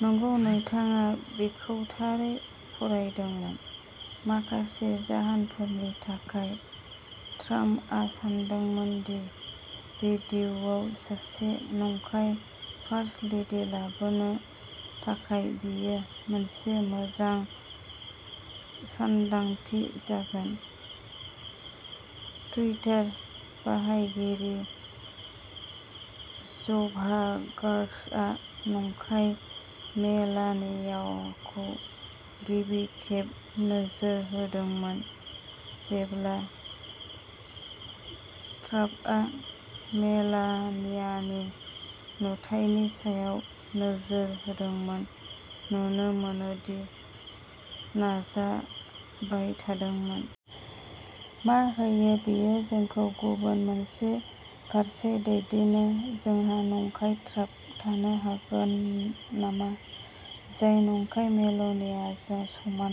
नंगौ, नोंथाङा बेखौ थारै फरायदोंमोन। माखासे जाहोनफोरनि थाखाय, ट्राम्पआ सानदोंमोन दि टिभिआव सासे नंखाय फार्स्ट लेडि लाबोनो थाखाय बेयो मोनसे मोजां सानदांथि जागोन। टुइटार बाहायगिरि ज'भार्गासआ नंखाय मेलानियाखौ गिबि खेब नोजोर होदोंमोन जेब्ला ट्राम्पआ मेलानियानि नुथायनि सायाव नोजोर होदोंमोन, नुनो मोनो दि नाजाबाय थादोंमोन। मा होयो, बेयो जोंखौ गुबुन मोनसे फारसे दैदेनो जोंहा नंखाय ट्राम्प थानो हागोन नामा? जाय नंखाय मेलानियाजों समान,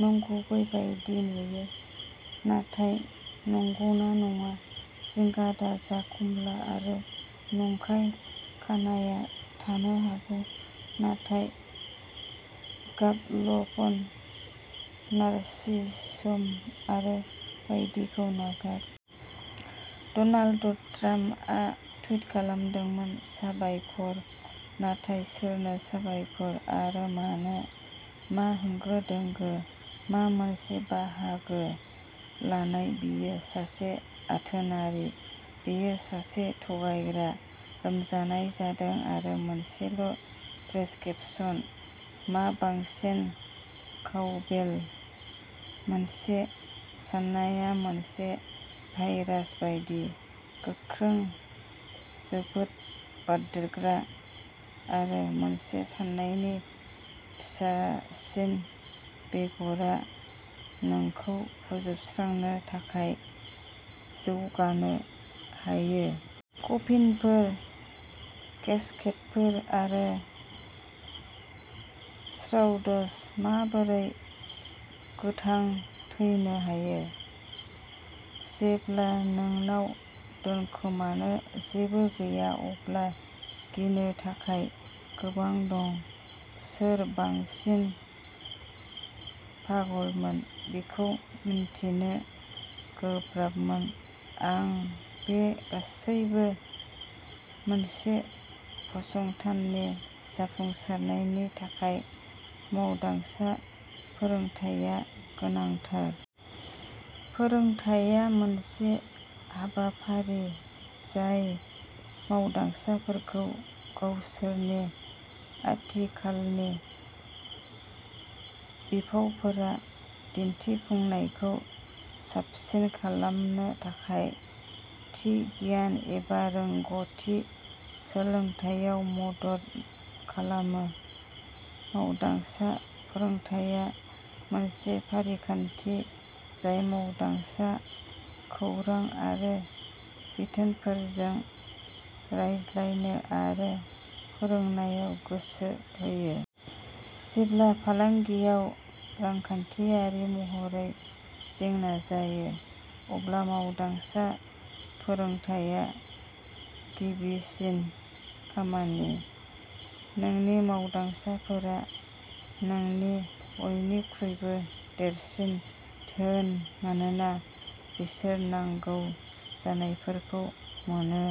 नंगुबै बायदि नुयो, नाथाय नंगौना नङा? जिंगा दाजा, कमला आरो नंखाय खानाया थानो हागौ, नाथाय पागलपन, नारसिसम आरो बायदिखौ नागार। डनाल्ड ट्राम्पआ टुइट खालामदोंमोन साबायखर। नाथाय सोरनो साबायखर? आरो मानो? मा होंगो दोंगो, मा मोनसे बाहागो लानाय बियो सासे जाथोआरि। बियो सासे थगायग्रा। लोमजानाय जादों आरो मोनसेल' प्रेसक्रिप्शन। मा बांसिन काउबेल मोनसे साननाया मोनसे भाइरास बायदि, गोख्रों, जोबोद बारदेरग्रा आरो मोनसे साननायनि फिसासिन बेगरआ नोंखौ फोजोबस्रांनो थाखाय जौगानो हायो। कफिनफोर, केस्केटफोर आरो श्राउडस माबोरै' गोथां थैनो हायो। जेब्ला नोंनाव दोनखोमानो जेबो गैया अब्ला गिनो थाखाय गोबां दं सोर बांसिन पागलमोन बेखौ मिन्थिनो गोब्राबमोन आं एबा गासैबो। मोनसे फसंथाननि जाफुंसारनायनि थाखाय मावदांसा फोरोंथाया गोनांथार। फोरोंथाया मोनसे हाबाफारि जाय मावदांसाफोरखौ गावसोरनि आथिखालनि बिफावफोराव दिन्थिफुंनायखौ साबसिन खालामनो थाखाय थि गियान एबा रोंग'थि सोलोंनायाव मदद खालामो। मावदांसा फोरोंथाया मोनसे फारिखान्थि जाय मावदांसा खौरां आरो बिथोनफोरजों रायज्लायनो आरो फोरोंनायाव गोसो होयो। जेब्ला फालांगियाव रांखान्थियारि महरै जेंना जायो, अब्ला मावदांसा फोरोंथाया गिबिसिन खामानि। नोंनि मावदांसाफोरा नोंनि बयनिख्रुइबो देरसिन धोन मानोना बिसोर नांगौ जानायफोरखौ मोनो।